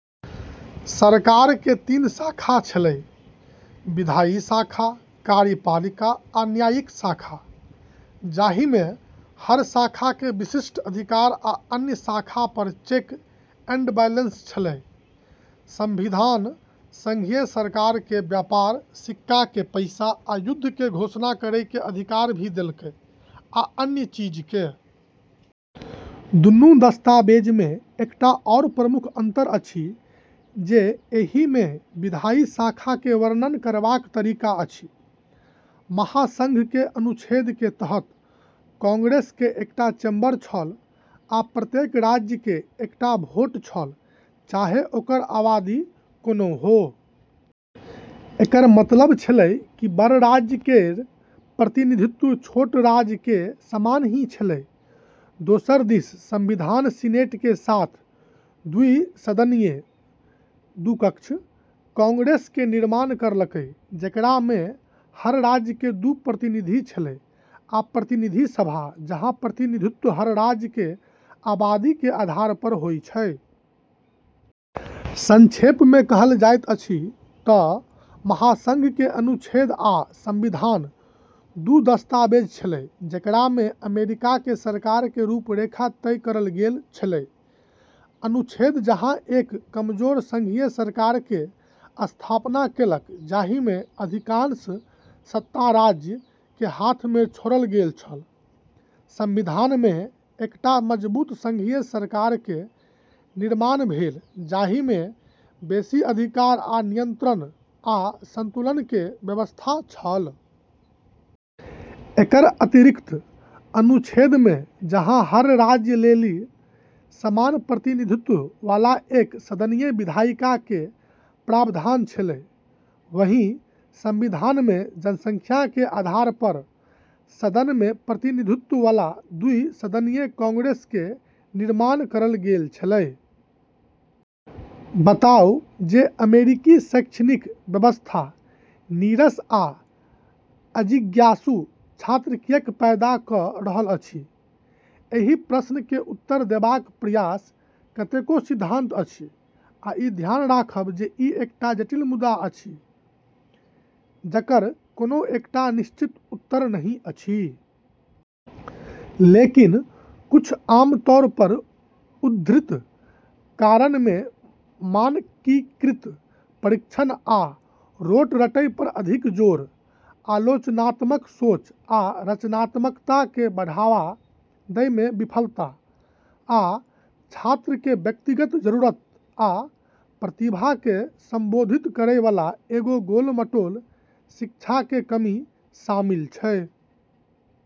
सरकार के तीन शाखा छेलै- विधायी शाखा, कार्यपालिका, आ न्यायिक शाखा- जाहिमे हर शाखा के विशिष्ट अधिकार आ अन्य शाखा पर चेक एंड बैलेंस छेलै। संविधान संघीय सरकार के व्यापार, सिक्का के पैसा, आ युद्ध के घोषणा करै के अधिकार भी देलकै, आ अन्य चीज के। दुनू दस्तावेज मे एकटा आओर प्रमुख अंतर अछि जे एहि मे विधायी शाखा के वर्णन करबाक तरीका अछि। महासंघ के अनुच्छेद के तहत कांग्रेस के एकटा चैम्बर छल आ प्रत्येक राज्य के एकटा वोट छल चाहे ओकर आबादी कोनो हो। एकर मतलब छेलै कि बड़ राज्य के प्रतिनिधित्व छोट राज्य के समान ही छेलै। दोसर दिस संविधान सीनेट के साथ द्वि सदनीय (दू कक्ष) कांग्रेस के निर्माण करलकै, जेकरा मे हर राज्य के दू प्रतिनिधि छेलै, आ प्रतिनिधि सभा, जहाँ प्रतिनिधित्व हर राज्य के आबादी के आधार पर होय छै। संक्षेप मे कहल जाइत अछि तऽ महासंघ के अनुच्छेद आ संविधान दू दस्तावेज छेलै जेकरा मे अमेरिका के सरकार के रूपरेखा तय करल गेल छेलै। अनुच्छेद जहाँ एक कमजोर संघीय सरकार के स्थापना केलक जाहि मे अधिकांश सत्ता राज्य के हाथ मे छोड़ल गेल छल, संविधान मे एकटा मजबूत संघीय सरकार के निर्माण भेल जाहि मे बेसी अधिकार आ नियंत्रण आ संतुलन के व्यवस्था छल। एकर अतिरिक्त, अनुच्छेद मे जहाँ हर राज्य लेली समान प्रतिनिधित्व वाला एक सदनीय विधायिका के प्रावधान छेलै, वहीं संविधान मे जनसंख्या के आधार पर सदन मे प्रतिनिधित्व वाला द्वि सदनीय कांग्रेस के निर्माण करल गेल छेलै। बताउ जे अमेरिकी शैक्षणिक व्यवस्था "नीरस आ अजिज्ञासु" छात्र किएक पैदा क' रहल अछि। एहि प्रश्न के उत्तर देबाक प्रयास कतेको सिद्धांत अछि, आ ई ध्यान राखब जे ई एकटा जटिल मुद्दा अछि जकर कोनो एकटा निश्चित उत्तर नहि अछि। लेकिन, कुछ आमतौर पर उद्धृत कारण मे मानकीकृत परीक्षण आ रोट रटै पर अधिक जोर, आलोचनात्मक सोच आ रचनात्मकता के बढ़ावा दै मे विफलता, आ छात्र के व्यक्तिगत जरूरत आ प्रतिभा के संबोधित करय वाला एगो गोल-मटोल शिक्षा के कमी शामिल छै।